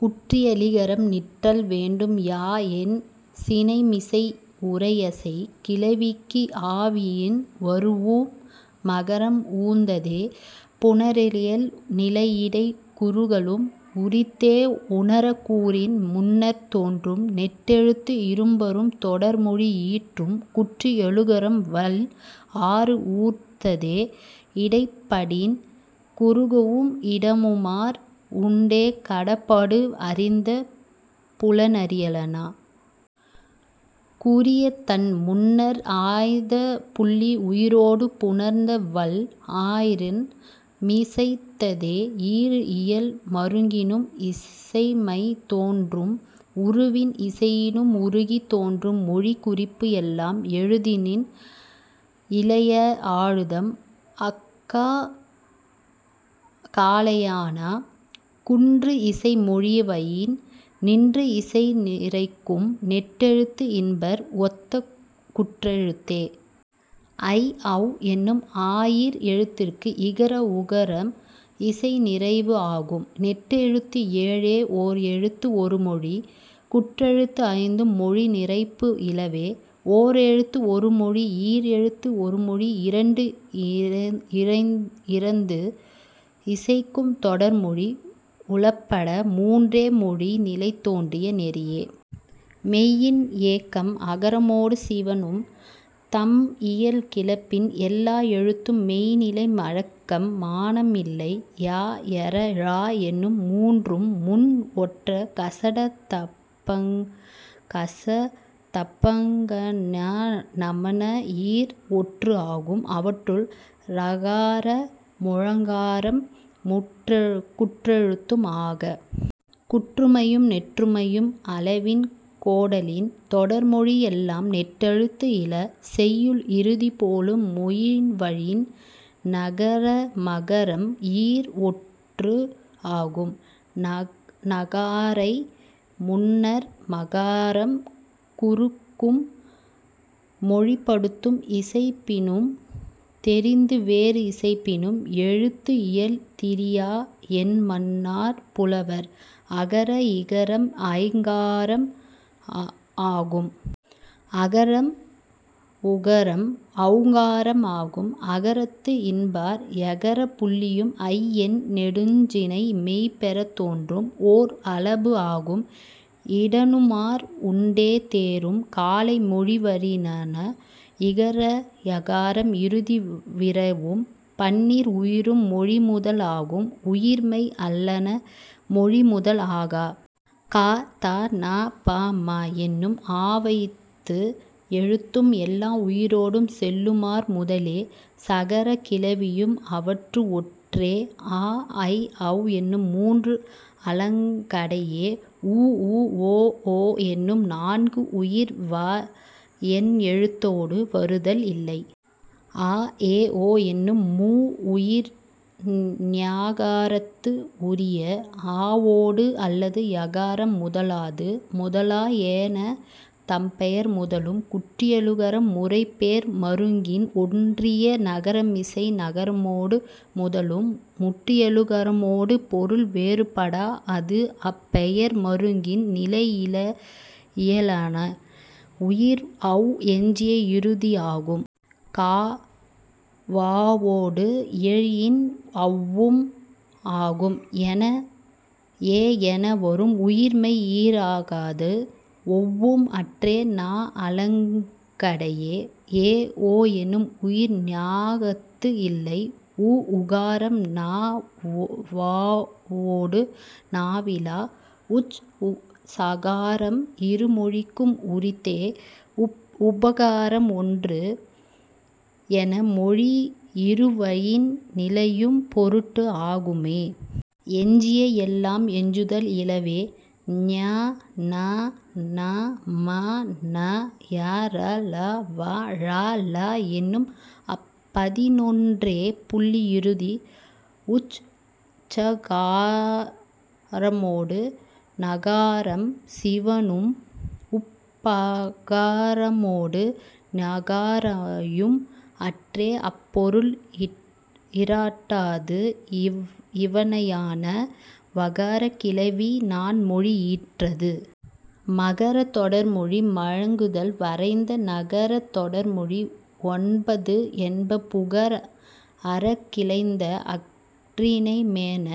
குற்றியலிகரம் நிற்றல் வேண்டும் யா என் சினைமிசை உரையசைக் கிளவிக்கு ஆவயின் வரூஉம் மகரம் ஊர்ந்ததே. புணரியல் நிலையிடைக் குறுகலும் உரித்தே உணரக் கூறின் முன்னர்த் தோன்றும். நெட்டெழுத்து இம்பரும் தொடர்மொழி ஈற்றும் குற்றியலுகரம் வல் ஆறு ஊர்ந்ததே. இடைப்படின் குறுகும் இடனுமார் உண்டே கடப்பாடு அறிந்த புணரியலான. குறியதன் முன்னர் ஆய்தப் புள்ளி உயிரொடு புணர்ந்த வல் ஆறன் மிசைத்தே. ஈறு இயல் மருங்கினும் இசைமை தோன்றும். உருவினும் இசையினும் அருகித் தோன்றும் மொழிக் குறிப்பு எல்லாம் எழுத்தின் இயலா ஆய்தம் அஃகாக் காலையான. குன்று இசை மொழிவயின் நின்று இசை நிறைக்கும் நெட்டெழுத்து இம்பர் ஒத்த குற்றெழுத்தே. ஐ ஔ என்னும் ஆயீர் எழுத்திற்கு இகர உகரம் இசை நிறைவு ஆகும். நெட்டெழுத்து ஏழே ஓர் எழுத்து ஒருமொழி. குற்றெழுத்து ஐந்தும் மொழி நிறைபு இலவே. ஓர் எழுத்து ஒருமொழி ஈர் எழுத்து ஒருமொழி இரண்டு இறந்து இசைக்கும் தொடர்மொழி உளப்பட மூன்றே மொழி நிலை தோன்றிய நெறியே. மெய்யின் இயக்கம் அகரமொடு சிவணும். தம் இயல் கிளப்பின் எல்லா எழுத்தும் மெய்ந் நிலை மயக்கம் மானம் இல்லை. ய ர ழ என்னும் மூன்றும் முன் ஒற்ற க ச த ப ங ஞ ந ம ஈர் ஒற்று ஆகும். அவற்றுள், ரகார ழகாரம் குற்றொற்று ஆகா. குற்றுமையும் நெற்றுமையும் அளவின் கோடலின் தொடர்மொழி எல்லாம் நெட்டெழுத்து இயல. செய்யுள் இறுதிப் போலும் மொழிவயின் னகார மகரம் ஈர் ஒற்று ஆகும். னகாரை முன்னர் மகாரம் குறுகும். மொழிப்படுத்து இசைப்பினும் தெரிந்து வேறு இசைப்பினும் எழுத்து இயல் திரியா என்மன்னார் புலவர். அகர இகரம் ஐகாரம் ஆகும். அகர உகரம் ஔகாரம் ஆகும். அகரத்து இம்பர் யகரப் புள்ளியும் ஐ என் நெடுஞ் சினை மெய் பெறத் தோன்றும். ஓர் அளபு ஆகும் இடனுமார் உண்டே தேரும் காலை மொழிவயினான. இகர யகரம் இறுதி விரவும். பன்னீர் உயிரும் மொழி முதல் ஆகும். உயிர் மெய் அல்லன மொழி முதல் ஆகா. க த ந ப ம எனும் ஆவைந்து எழுத்தும் எல்லா உயிரொடும் செல்லுமார் முதலே. சகரக் கிளவியும் அவற்று ஓற்றே அ ஐ ஔ எனும் மூன்று அலங்கடையே. உ ஊ ஒ ஓ என்னும் நான்கு உயிர் வ என் எழுத்தோடு வருதல் இல்லை. ஆ எ ஒ எனும் மூ உயிர் ஞகாரத்து உரிய. ஆவொடு அல்லது யகரம் முதலாது. முதலா ஏன தம் பெயர் முதலும். குற்றியலுகரம் முறைப்பெயர் மருங்கின் ஒற்றிய நகரமிசை நகரமொடு முதலும். முற்றியலுகரமொடு பொருள் வேறுபடாஅது அப் பெயர் மருங்கின் நிலையியலான. உயிர் ஔ எஞ்சிய இறுதி ஆகும். க வவொடு இயையின் ஔவும் ஆகும். எ என வரும் உயிர் மெய் ஈறாகாது. ஒவ்வும் அற்றே ந அலங்கடையே. ஏ ஒ எனும் உயிர் ஞகாரத்து இல்லை. உ ஊகாரம் ந வவொடு நவிலா. உச் சகாரம் இரு மொழிக்கு உரித்தே. உப் பகாரம் ஒன்று என மொழிப இரு வயின் நிலையும் பொருட்டு ஆகும்மே. எஞ்சிய எல்லாம் எஞ்சுதல் இலவே. ஞ ண ந ம ன ய ர ல வ ழ ள என்னும் அப் பதினொன்றே புள்ளி இறுதி. உச் சகாரமொடு நகாரம் சிவணும். உப் பகாரமொடு ஞகாரையும் அற்றே அப் பொருள் இரட்டாது இவணையான. வகரக் கிளவி நான் மொழி ஈற்றது. மகரத் தொடர்மொழி மயங்குதல் வரைந்த னகரத் தொடர்மொழி ஒன்பஃது என்ப புகர் அறக் கிளந்த அஃறிணை மேன..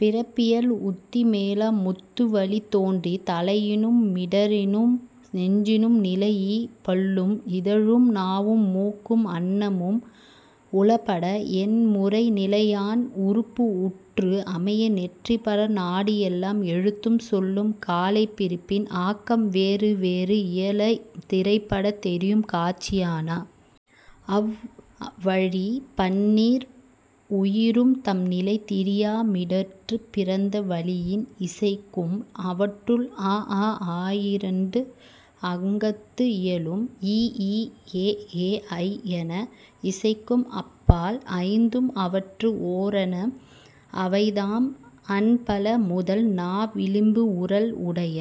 பிறப்பியல் உந்தி முதலா முந்து வளி தோன்றி தலையினும் மிடற்றினும் நெஞ்சினும் நிலைஇ பல்லும் இதழும் நாவும் மூக்கும் அண்ணமும் உளப்பட எண் முறை நிலையான் உறுப்பு உற்று அமைய நெறிப்பட நாடி எல்லா எழுத்தும் சொல்லும் காலை பிறப்பின் ஆக்கம் வேறு வேறு இயல திறப்படத் தெரியும் காட்சியான. அவ் வழி, பன்னீர் உயிரும் தம் நிலை திரியா மிடற்றுப் பிறந்த வளியின் இசைக்கும். அவற்றுள், அ ஆ ஆயிரண்டு அங்கத்து இயலும். இ ஈ எ ஏ ஐ என இசைக்கும் அப் பால் ஐந்தும் அவற்று ஓரன்ன அவைதாம், அண்பல் முதல் நா விளிம்பு உறல் உடைய.